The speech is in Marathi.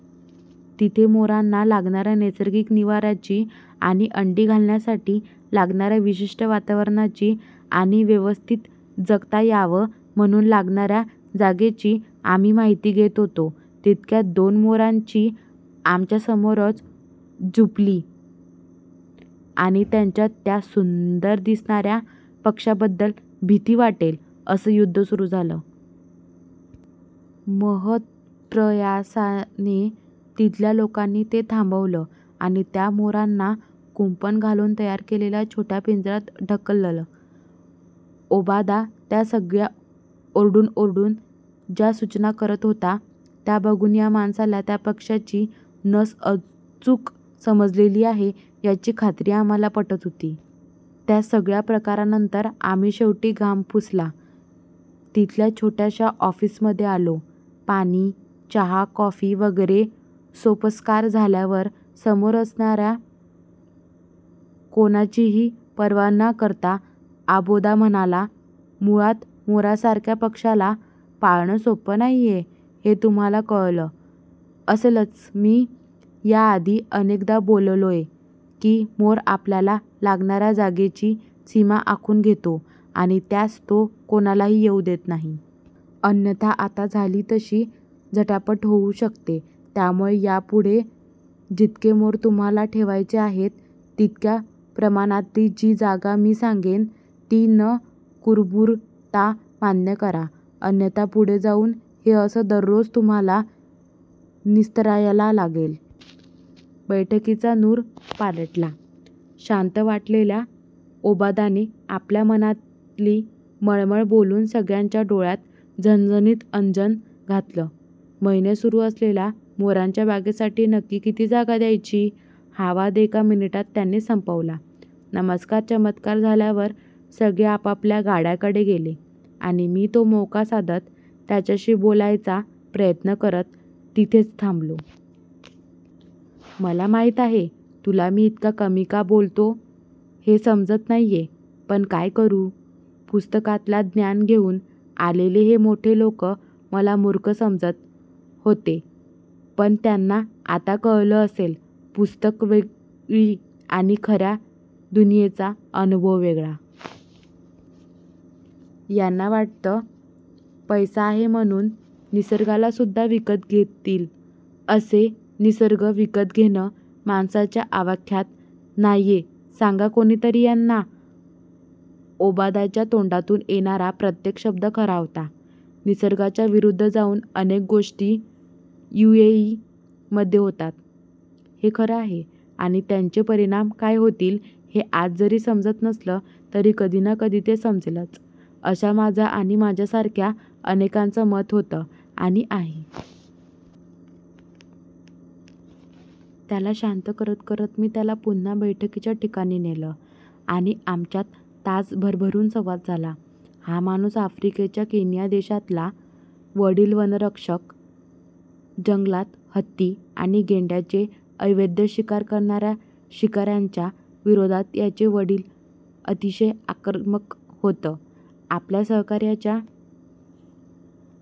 तिथे मोरांना लागणाऱ्या नैसर्गिक निवाऱ्याची, अंडी घालण्यासाठी लागणाऱ्या विशिष्ट वातावरणाची आणि व्यवस्थित जगता यावा म्हणून लागणाऱ्या जागेची आम्ही माहिती घेत होतो. तितक्यात दोन मोरांची आमच्यासमोरच जुंपली आणि त्यांच्यात त्या सुंदर दिसणार्या पक्ष्याबद्दल भीती वाटेल असं युद्ध सुरु झालं. महत्प्रयासाने तिथल्या लोकांनी ते थांबवलं आणि त्या मोरांना कुंपण घालून तयार केलेल्या छोट्या पिंजऱ्यात ढकललं. ओबादा त्या सगळ्या ओरडून ओरडून ज्या सूचना करत होता त्या बघून या माणसाला त्या पक्ष्यांची नस अचूक समजलेली आहे याची खात्री आम्हाला पटत होती. त्या सगळ्या प्रकारानंतर आम्ही शेवटी घाम पुसत तिथल्या छोट्याशा ऑफिसमध्ये आलो. पाणी, चहा-कॉफी वगैरे सोपस्कार झाल्यावर समोर असणाऱ्या कोणाचीही पर्वा ना करता ओबादा म्हणाला, ' मुळात मोरासारख्या पक्ष्याला पाळणं सोपं नाहीये हे तुम्हाला कळलं असेलचमी याआधी अनेकदा बोललोय, की मोर आपल्याला लागणाऱ्या जागेची सीमा आखून घेतो आणि त्यात तो कोणालाही येऊ देत नाही. अन्यथा आत्ता झाली तशी झटापट होऊ शकते. त्यामुळे यापुढे जितके मोर तुम्हाला ठेवायचे आहेत, तितक्या प्रमाणातली जी जागा मी सांगेन, ती न कुरबुरता मान्य करा, अन्यथा पुढे जाऊन हे 'असं' दररोज तुम्हाला निस्तरायला लागेल! 'बैठकीचा नूर पालटला. शांत वाटलेल्या ओबादाने आपल्या मनातली मळमळ बोलून सगळ्यांच्या डोळ्यात झणझणीत अंजन घातलं. महिने सुरु असलेला ' मोरांच्या बागेसाठी नक्की किती जागा द्यायची? ' हा वाद एका मिनिटात त्याने संपवला. नमस्कार चमत्कार झाल्यावर सगळे आपापल्या गाड्यांकडे गेले आणि मी तो मोका साधत त्याच्याशी बोलायचा प्रयत्न करत तिथेच थांबलो. ' मला माहित आहे, तुला मी इतका कमी का बोलतो हे समजत नाहीये, पण काय करू? पुस्तकातला ज्ञान घेऊन आलेले हे मोठे लोक मला मूर्ख समजत होतेपण त्यांना आता कळलं असेल, पुस्तकं वेगळी आणि खऱ्या दुनियेचा अनुभव वेगळा. यांना वाटतं, पैसा आहे म्हणून निसर्गाला सुद्धा विकत घेतीलअरे, निसर्ग विकत घेणं माणसाच्या आवाक्यात नाहीयेसांगा कोणीतरी यांना'ओबादाच्या तोंडातून येणारा प्रत्येक शब्द खरा होता. निसर्गाच्या विरुद्ध जाऊन अनेक गोष्टी यूएई मध्ये होतात, हे खरं आहे आणि त्याचे परिणाम काय होतील, हे आज जरी समजत नसलं तरी कधी ना कधी ते समजेलच, असा माझं आणि माझ्यासारख्या अनेकांचा मत होतं आणि आहे. त्याला शांत करत करत मी त्याला पुन्हा बैठकीच्या ठिकाणी नेलं आणि आमच्यात तास भरभरून संवाद झाला. हा माणूस आफ्रिकेच्या केनिया देशातला. वडील वनरक्षक. जंगलात हत्ती आणि गेंड्यांची अवैध शिकार करणाऱ्या शिकाऱ्यांच्या विरोधात याचे वडील अतिशय आक्रमक होत. आपल्या सहकाऱ्यांच्या